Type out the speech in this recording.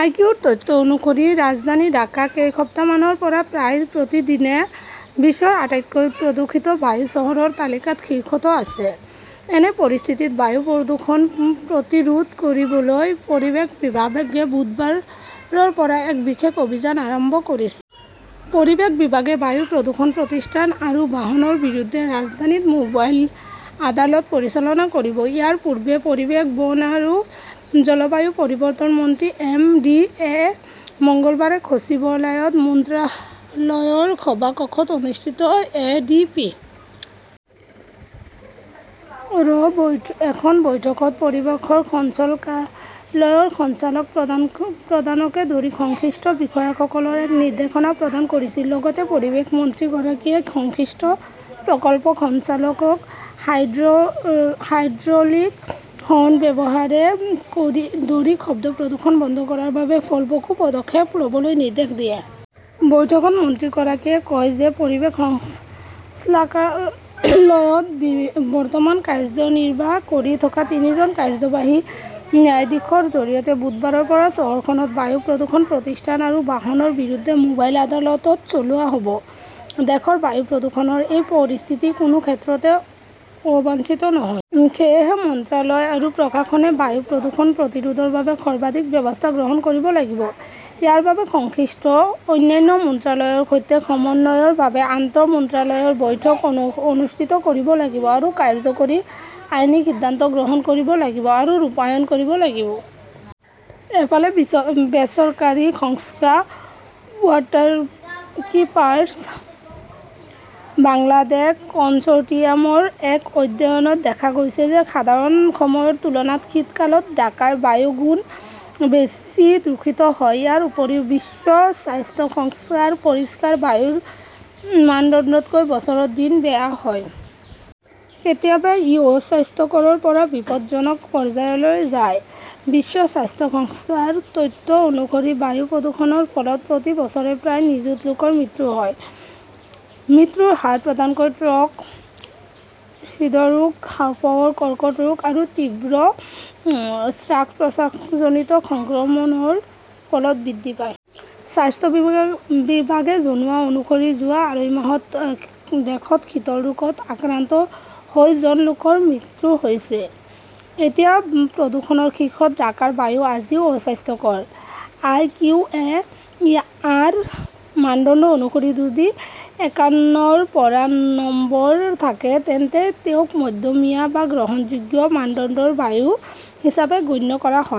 আই. Q. ৰ তথ্য অনুসৰি, ৰাজধানী ঢাকা কেইসপ্তাহমানৰ পৰা প্ৰায় প্ৰতিদিনে বিশ্বৰ আটাইতকৈ প্ৰদূষিত বায়ু চহৰৰ তালিকাত শীৰ্ষত আছে। এনে পৰিস্থিতিত বায়ু প্ৰদূষণ প্ৰতিৰোধ কৰিবলৈ পৰিৱেশ বিভাগে বুধবাৰৰ পৰা এক বিশেষ অভিযান আৰম্ভ কৰিছে। পৰিৱেশ বিভাগে বায়ু প্ৰদূষণ প্ৰতিষ্ঠান আৰু বাহনৰ বিৰুদ্ধে ৰাজধানীত মোবাইল আদালত পৰিচালনা কৰিব। ইয়াৰ পূৰ্বে, পৰিৱেশ, বন আৰু জলবায়ু পৰিৱৰ্তন মন্ত্ৰী এম. ডি. য়ে মঙলবাৰে সচিবালয়ত মন্ত্ৰালয়ৰ সভা কক্ষত অনুষ্ঠিত এ. ডি. পি. ৰ এখন বৈঠকত পৰিৱেশৰ সঞ্চালকালয়ৰ সঞ্চালক প্ৰধানকে ধৰি সংশ্লিষ্ট বিষয়াসকলৰে নিৰ্দেশনা প্ৰদান কৰিছিল। লগতে পৰিৱেশ মন্ত্ৰীগৰাকীয়ে সংশ্লিষ্ট প্ৰকল্প সঞ্চালকক হাইড্ৰলিক হৰ্ন ব্যৱহাৰে ধৰি শব্দ প্ৰদূষণ বন্ধ কৰাৰ বাবে ফলপ্ৰসূ পদক্ষেপ ল'বলৈ নিৰ্দেশ দিয়ে। বৈঠকত মন্ত্ৰীগৰাকীয়ে কয় যে, পৰিৱেশ সঞ্চালকালয়ত বৰ্তমান কাৰ্যনিৰ্বাহ কৰি থকা তিনিজন কাৰ্যবাহী ন্যায়াধীশৰ জৰিয়তে বুধবাৰৰ পৰা চহৰখনত বায়ু প্ৰদূষণ প্ৰতিষ্ঠান আৰু বাহনৰ বিৰুদ্ধে মোবাইল আদালতত চলোৱা হ'ব। দেশৰ বায়ু প্ৰদূষণৰ এই পৰিস্থিতি কোনো ক্ষেত্ৰতে অবাঞ্ছিত নহয়। সেয়েহে, মন্ত্ৰালয় আৰু প্ৰশাসনে বায়ু প্ৰদূষণ প্ৰতিৰোধৰ বাবে সৰ্বাধিক ব্যৱস্থা গ্ৰহণ কৰিব লাগিব। ইয়াৰ বাবে সংশ্লিষ্ট অন্যান্য মন্ত্ৰালয়ৰ সৈতে সমন্বয়ৰ বাবে আন্তঃ মন্ত্ৰালয়ৰ বৈঠক অনুষ্ঠিত কৰিব লাগিব আৰু কাৰ্যকৰী আইনী সিদ্ধান্ত গ্ৰহণ কৰিব লাগিব আৰু ৰূপায়ণ কৰিব লাগিব। ইফালে, বেচৰকাৰী সংস্থা ৱাটাৰকীপাৰ্ছ বাংলাদেশ কনচৰ্টিয়ামৰ এক অধ্যয়নত দেখা গৈছে যে সাধাৰণ সময়ৰ তুলনাত শীতকালত ঢাকাৰ বায়ু গুণ বেছি দূষিত হয়। ইয়াৰ উপৰিও, বিশ্ব স্বাস্থ্য সংস্থাৰ পৰিষ্কাৰ বায়ুৰ মানদণ্ডতকৈ বছৰত দিন বেয়া হয়। কেতিয়াবা ই অস্বাস্থ্যকৰৰ পৰা বিপদজনক পৰ্যায়লৈ যায়। বিশ্ব স্বাস্থ্য সংস্থাৰ তথ্য অনুসৰি, বায়ু প্ৰদূষণৰ ফলত প্ৰতি বছৰে প্ৰায় নিযুত লোকৰ মৃত্যু হয়। মৃত্যুৰ হাৰ প্ৰধানকৈ ষ্ট্ৰ'ক, হৃদৰোগ, হাঁওফাঁওৰ কৰ্কট ৰোগ আৰু তীব্ৰ শ্বাস-প্ৰশ্বাসজনিত সংক্ৰমণৰ ফলত বৃদ্ধি পায়। স্বাস্থ্য বিভাগে জনোৱা অনুসৰি যোৱা আঢ়ৈ মাহত দেশত শীতল ৰোগত আক্ৰান্ত হৈ জন লোকৰ মৃত্যু হৈছে। এতিয়া প্ৰদূষণৰ শীৰ্ষত ঢাকাৰ বায়ু আজিও অস্বাস্থ্যকৰ। আই. কিউ. এ. আৰ. মানদণ্ড অনুসৰি, যদি এক্কাৱনৰ পৰা নম্বৰ থাকে তেন্তে তেওঁক মধ্যমীয়া বা গ্ৰহণযোগ্য মানদণ্ডৰ বায়ু হিচাপে গণ্য কৰা হয়।